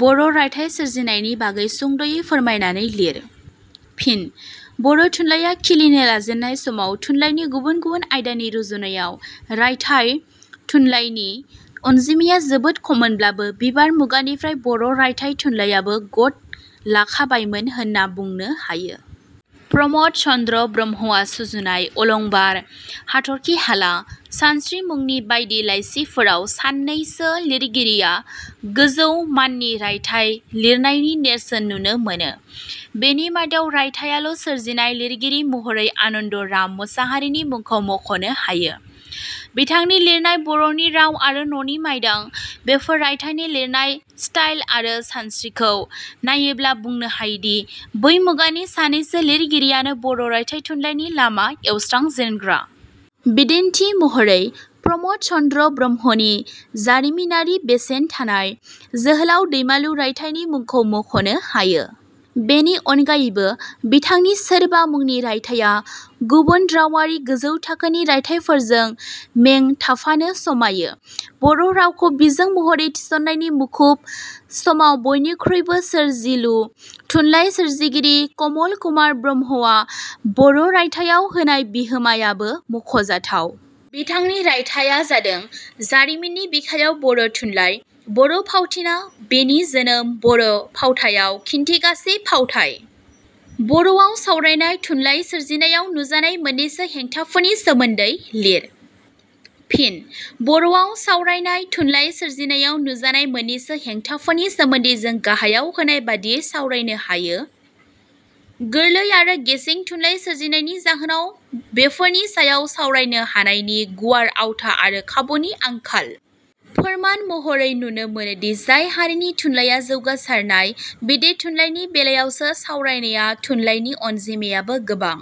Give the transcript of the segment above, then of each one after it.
बर' रायथाइ सोरजिनायनि बागै सुंद 'यै फोरमायनानै लिर। फिनः बर' थुनलाइया खिलिनो लाजेननाय समाव थुनलाइनि गुबुन गुबुन आयदानि रुजुनायाव रायथाइ थुनलाइनि अनजिमाया जोबोर खममोनब्लाबो बिबार मुगानिफ्रायनो बर' रायथाइ थुनलाइयाबो गद लाखाबायमोन होनना बुंनो हायो। प्रम 'द चन्द्र ब्रह्मआ सुजुनाय अलंबार, हाथर्खिहाला, सानस्रि मुनि बायदि लाइसिफोराव सानैसो लिरगिरिया गोजौ माननि रायथाइ लिरनायनि नेरसोन नुनो मोनो। बेनि मादाव रायथाइयाल' सोरजिनाय लिरगिरि महरै आनन्द राम मसाहारिनि मुंखौ मख'नो हायो। बिथांनि लिरनाय 'बर'नि राव' आरो 'ननि माइदां'- बेफोर रायथाइनि लिरनाय ष्टाइल आरो सानस्रिखौ नायोब्ला बुंनो हायोदि बै मुगानि सानैसो लिरगिरियानो बर' रायथाइ थुनलाइनि लामा एवस्रांजेनग्रा। बिदिन्थि महरै प्रम'द चन्द्र ब्रह्मनि जारिमिनारि बेसेन थानाय 'जोहोलाव दैमालु' रायथाइनि मुंखौ मख'नो हायो। बेनि अनगायैबो बिथांनि 'सोरबा' मुंनि रायथाइया गुबुन रावारि गोजौ थाखोनि रायथाइफोरजों में थाफानो समायो। बर' रावखौ बिजों महरै थिसननायनि मुखुब समाव बइनिखुइबो सोरजिल थुनलाइ सोरजिगिरि कमल कुमार ब्रह्मआ बर' रायथाइयाव होनाय बिहोमायाबो मख 'जाथाव। बिथांनि रायथाइ जादों- 'जारिमिननि बिखायव बर' थुनलाइ', 'बर' फावथिना: बेनि जोनोम', 'बर' थुनफावथाइयाव खिनथिगासे फावथाइ'। बर'वाव सावरायनाय थुनलाइ सोरजिनायाव नुजानाय मोननैसो हेंथाफोरनि सोमोन्दै लिर। फिनः बर'वाव सावरायनाय थुनलाइ सोरजिनायाव नुजानाय मोननैसो हें थाफोरनि सोमोन्दै जों गाहायाव होनाय बादियै सावरायनो हायो- गोरलै आरो गेसें थुनलाइ सोरजिनायनि जाहोनाव बेफोरनि सायाव सावरायनो हानायनि गुवार आवथा आरो खाबुनि आंखाल। फोरमान महरै नुनो मोनोदि जाय हारिनि थुनलाइया जौगासारनाय बिदि थुनलाइनि बेलायावसो सावरायनाय थुनलाइनि अनजिमायाबो गोबां।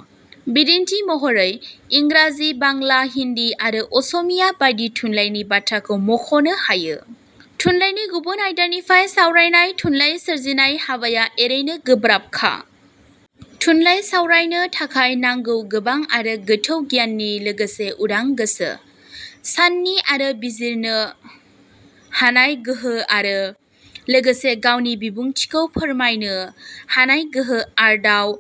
बिदिन्थि महरै इंराजि, बांला, हिन्दी आरो असमिया बायदि थुनलाइनि बाथ्राखौ मख 'नो हायो। थुनलाइनि गुबुन आयदानिखुइ सावरायनाय थुनलाइ सोरजिनाय हाबाया एरैनो गोब्राबखा। थुनलाइ सावरायनो थाखाय नांगौ गोबां आरो गोथौ गियाननि लोगोसे उदां गोसो, साननि आरो बिजिरनो हानाय गोहो आरो लोगोसे गावनि बिबुंथिखौ फोरमायनो हानाय गोहो, आर्ट, राव-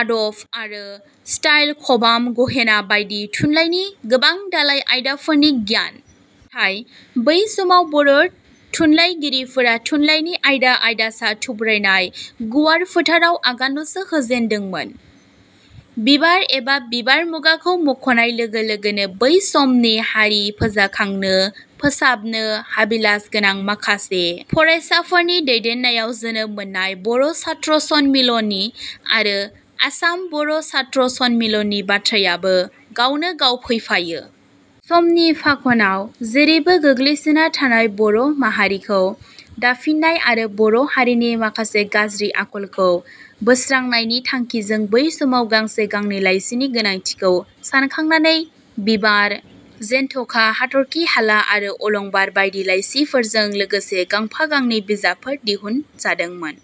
आदब आरो ष्टाइल, खबाम, गहेना बायदि थुनलाइनि गोबां दालाइ आयदाफोरनि गियान। नाथाय बै समाव बर' थुनलाइगिरिफोरा थुनलाइनि आयदा आयदासा थुब्रायनाय गुवार फोथाराव आगानल 'सो होजेनदोंमोन। 'बिबार' एबा 'बिबार' मुगाखौ मख'नाय लोगो लोगोनो बै समनि हारि फोजाखांनो, फोसाबनो हाबिलास गोनां माखासे, फरायसाफोरनि दैदेननायाव जोनोम मोननाय 'बर' सात्र सन्मीलनी' आरो 'आसाम बर' सात्र सन्मीलनी'नि बाथ्रायाबो गावनो गाव फैफायो। समनि फाखनाव जेरैबो गोग्लैसोना थानाय बर' माहारिखौ दाफिननाय आरो बर' हारिनि माखासे गाज्रि आखखौ बोसांनायनि थांखिजों बै समाव गांसे गांनै लाइसिनि गोनांथिखौ सानखांनानै 'बिबार', 'जेनथखा', 'हाथखिहाला' आरो 'अलंबार' बायदि लाइसिफोरजों लोगोसे गांफा गांनै बिजाबफोर दिहुनजादोंमोन।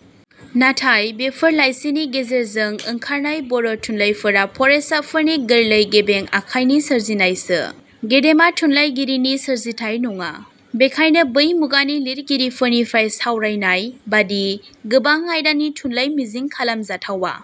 नाथाय बेफोर लाइसिनि गेजेरजों ओंखारनाय बर' थुनलाइफोरा फरायसाफोरनि गोरलै गेबें आखाइनि सोरजिनायसो, गेदेमा थुनलाइगिरिनि सोरजिथाइ नङा। बेखायनो बै मुगानि लिरगिरिफोरनिफ्राय सावरायनाय: बादि गोबाब आयदानि थुनलाइ मिजिं खालामजाथावा।